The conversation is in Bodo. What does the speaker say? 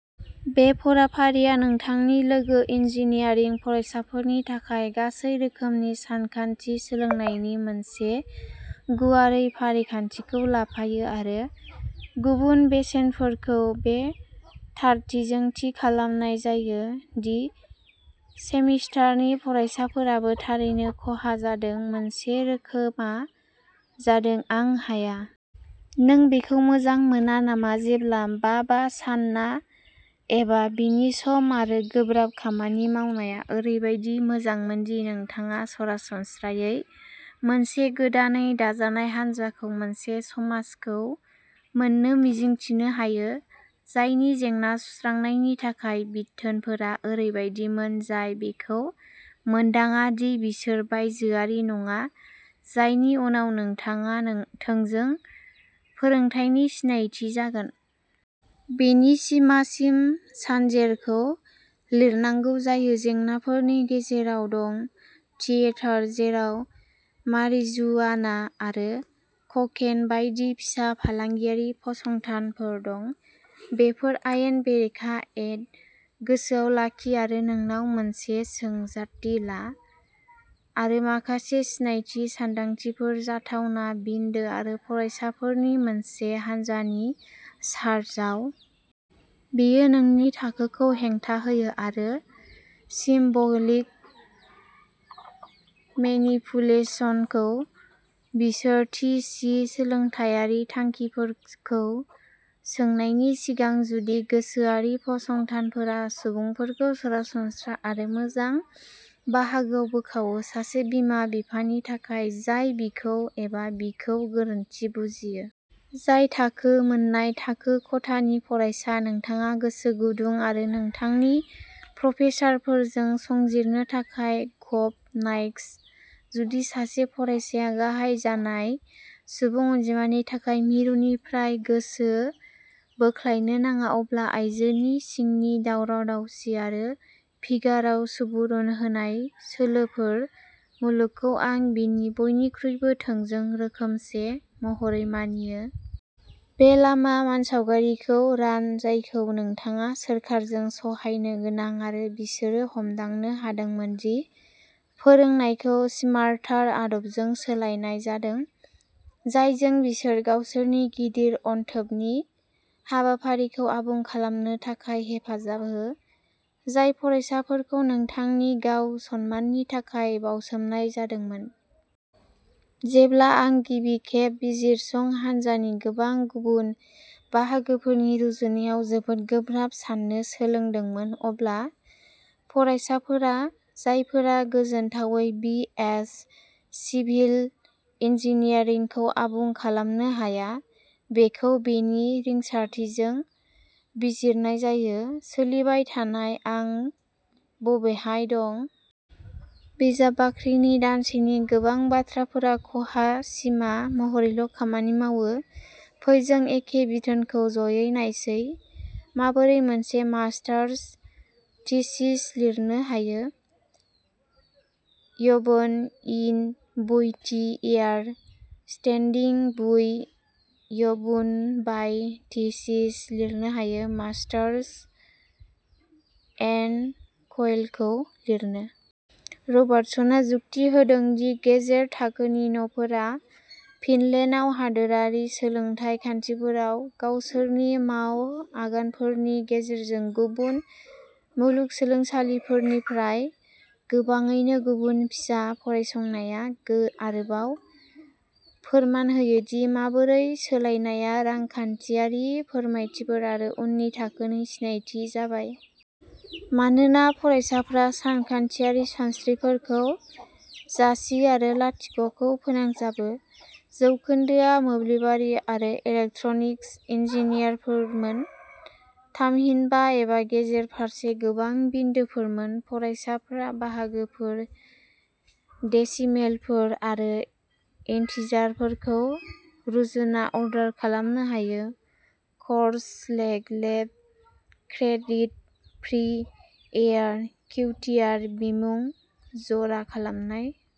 बे फरायफारिआ नोंथांनि लोगो इन्जिनियारिं फरायसाफोरनि थाखाय गासै रोखोमनि सानखान्थि सोलोंनायनि मोनसे गुवारै फारिखान्थिखौ लाफायो आरो गुबुन बेसेनफोरखौ बे थारथिजों थि खालामनाय जायो दि सेमिस्टारनि फरायसाफोराबो थारैनो खहा जादों। मोनसे रोखोमआ जादों आं हाया। नों बेखौ मोजां मोना नामा जेब्ला बा बा सानना एबा बिनि सम आरो गोब्राब खामानि मावनाया ओरैबायदि मोजांमोन दि नोंथाङा सरासनस्रायै मोनसे गोदानै दाजानाय हानजाखौ मोनसे समाजखौ मोननो मिजिंथिनो हायो जायनि जेंना सुस्रांनायनि थाखाय बिथोनफोरा ओरैबायदिमोन जाय बेखौ मोनदाङा दि बिसोर बायजोआरि नङा जायनि उनाव नोंथाङा थोंजों फोरोंथायनि सिनायथि जागोन। बेनि सिमासिम सानजेरखौ लिरनांगौ जायो। जेंनाफोरनि गेजेराव दं थियेटार। जेराव मारिजुआना आरो ककेन बायदि फिसा फालांगियारि फसंथानफोर दं। बेफोर आयेन बेरेखा। एड। गोसोआव लाखि आरो नोंनाव मोनसे जोंसारथि ला। आरो माखासे सिनायथि सानदांथिफोर जाथावना बिन्दो आरो फरायसाफोरनि मोनसे हान्जानि चारजाव। बेयो नोंनि थाखोखौ हेंथा होयो। आरो सिम ब'लिक मेनिपुलेसनखौ बिसोर थि सि सोलोंथायारि थांखिफोरखौ सोंनायनि सिगां। जुदि गोसोआरि फसंथानफोरा सुबुंफोरखौ सरासनस्रा आरो मोजां बाहागोआव बोखावो। सासे बिमा-बिफानि थाखाय जाय बिखौ एबा बिखौ गोरोन्थि बुजियो। जाय थाखो मोननाय थाखो खथानि फरायसा। नोंथाङा गोसो गुदुं आरो नोंथांनि प्रफेसारफोरजों संजिरनो थाखाय। गभ नाइक्स। जुदि सासे फरायसाया गाहाय जानाय सुबुं अनजिमानि थाखाय मिरुनिफ्राय गोसो बोख्लायनो नाङा। अब्ला आइजोनि सिंनि दावराव-दावसि आरो फिगाराव सुबुरुन होनाय सोलोफोर मुलुगखौ आं बिनि बयनिख्रुइबो थोंजों रोखोमसे महरै मानियो। बे लामा मानसावगारिखौ रान जायखौ नोंथाङा सोरखारजों सहायनो गोनां आरो बिसोरो हमदांनो हादोंमोन दि फोरोंनायखौ स्मार्टार आदबजों सोलायनाय जादों। जायजों बिसोर गावसोरनि गिदिर अनथोबनि हाबाफारिखौ आबुं खालामनो थाखाय हेफाजाब हो। जाय फरायसाफोरखौ नोंथांनि गाव-सनमाननि थाखाय बाउसोमनाय जादोंमोन। जेब्ला आं गिबिखेब बिजिरसं हान्जानि गोबां गुबुन बाहागोफोरनि रुजुनायाव जोबोद गोब्राब साननो सोलोंदोंमोन। अब्ला फरायसाफोरा जायफोरा गोजोनथावै बि एस सिभिल इन्जिनियारिंखौ आबुं खालामनो हाया। बेखौ बेनि रिंसारथिजों बिजिरनाय जायो। सोलिबाय थानाय आं बबेहाय दं। बिजाब बाख्रिनि दानसेनि गोबां बाथ्राफोरा खहा सिमा महरैल' खामानि मावो। फै जों एखे बिथोनखौ ज'यै नायसै। माबोरै मोनसे मास्टार्स थिसिस लिरनो हायो यव'न एन बुइ थि इयार स्टेनडिं बुइ यव'न बाइ थिसिस लिरनो हायो मास्टार्स एन क'इलखौ लिरनो। रबार्टसनआ जुक्ति होदों दि गेजेर थाखोनि न'फोरा फिनलेन्डआव हादोरारि सोलोंथाय खान्थिफोराव गावसोरनि माव आगानफोरनि गेजेरजों गुबुन मुलुगसोलोंसालिफोरनिफ्राय गोबाङैनो गुबुन। पिसा फरायसंनाया आरोबाव फोरमान होयो दि माबोरै सोलायनायआ रांखान्थियारि फोरमायथिफोर आरो उननि थाखोनि सिनायथि जाबाय। मानोना फरायसाफ्रा सानखान्थियारि सानस्रिफोरखौ जासियो आरो लाथिख'खौ फोनांजाबो। जौखोन्दोआ मोब्लिबारि आरो इलेक्ट्रनिक्स इन्जिनियारफोरमोन थामहिनबा एबा गेजेर फारसे गोबां बिन्दोफोरमोन फरायसाफ्रा बाहागोफोर डेसिमेलफोर आरो इन्टिजारफोरखौ रुजुना अर्डार खालामनो हायो। क'र्स लेक लेब क्रेडिट प्रि इयार किउटिआर बिमुं जरा खालामनाय।